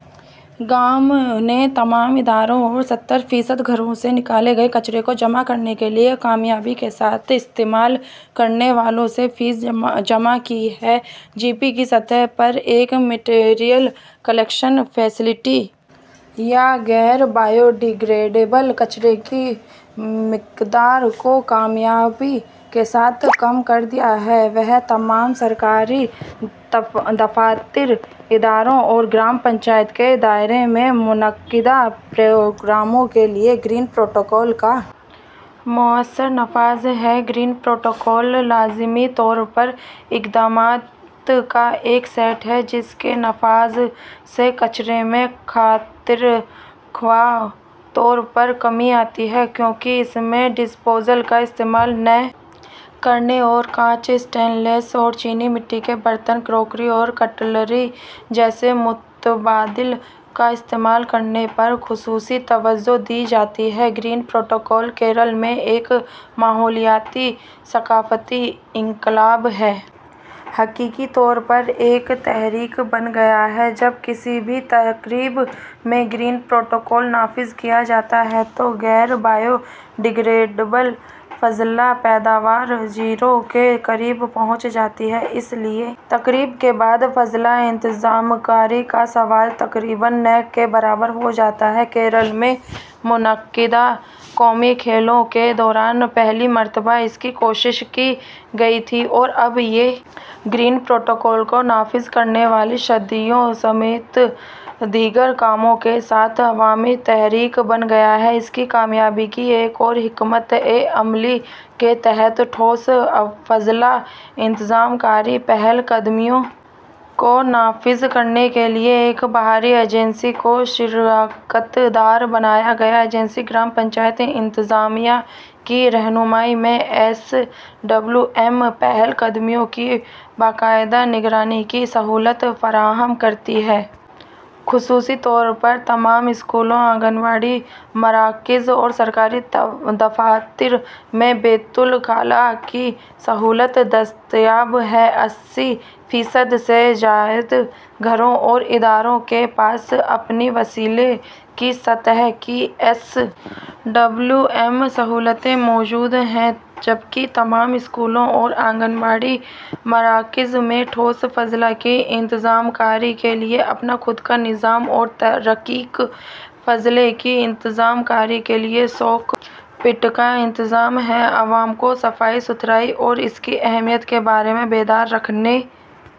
گاؤں نے تمام اداروں اور سَتر فیصد گھروں سے نکالے گئے کچرے کو اکٹھا کرنے کے لیے کامیابی کے ساتھ صارف فیس جمع کی ہے جی پی سطح پر ایک مٹیریل کلیکشن فیسلٹی یا غیر بایو ڈیگریڈیبل کچرے کی مقدار کو کامیابی کے ساتھ کم کر دیا ہے وہ تمام سرکاری دفاتر اداروں اور گرام پنچایت کے دائرے میں منعقدہ پروگراموں کے لیے گرین پروٹوکول کا مؤثر نفاذ ہے گرین پروٹوکول لازمی طور پر اقدامات کا ایک سیٹ ہے جس کے نفاذ سے کچرے میں خاطر خواہ طور پر کمی آتی ہے کیونکہ اس میں ڈسپوزل کا استعمال نہ کرنے اور کانچ اسٹین لیس اور چینی مٹی کے برتن کراکری اور کٹلری جیسے متبادل کا استعمال کرنے پر خصوصی توجہ دی جاتی ہے گرین پروٹوکول کیرالا میں ایک ماحولیاتی ثقافتی انقلاب ہے حقیقی طور پر ایک تحریک بن گیا ہے جب کسی بھی تقریب میں گرین پروٹوکول نافذ کیا جاتا ہے تو غیر بایو ڈیگریڈیبل فضلہ پیداوار صفر کے قریب پہنچ جاتی ہے اس لیے تقریب کے بعد فضلہ انتظام کاری کا سوال تقریباً نہ کے برابر ہو جاتا ہے کیرالا میں منعقدہ قومی کھیلوں کے دوران پہلی مرتبہ اس کی کوشش کی گئی تھی اور اب یہ گرین پروٹوکول کو نافذ کرنے والی شادیوں سمیت دیگر کاموں کے ساتھ عوامی تحریک بن گیا ہے اس کی کامیابی کی ایک اور حکمت عملی کے تحت ٹھوس فضلہ انتظام کاری پہل قدمیوں کو نافذ کرنے کے لیے ایک باہری ایجنسی کو شراکت دار بنایا گیا ایجنسی گرام پنچایت انتظامیہ کی رہنمائی میں ایس ڈبلیو ایم پہل قدمی کی باقاعدہ نگرانی کی سہولت فراہم کرتی ہے خصوصی طور پر تمام اسکولوں آنگن واڑی مراکز اور سرکاری دفاتر میں بیت الخلا کی سہولت دستیاب ہے اسی فیصد سے زائد گھروں اور اداروں کے پاس اپنی وسیلے کی سطح کی ایس ڈبلیو ایم سہولتیں موجود ہیں جبکہ تمام اسکولوں اور آنگن واڑی مراکز میں ٹھوس فضلہ کی انتظام کاری کے لیے اپنا خود کا نظام اور رقیق فضلے کی انتظام کاری کے لیے سوک پٹ کا انتظام ہے عوام کو صفائی ستھرائی اور اس کی اہمیت کے بارے میں بیدار رکھنے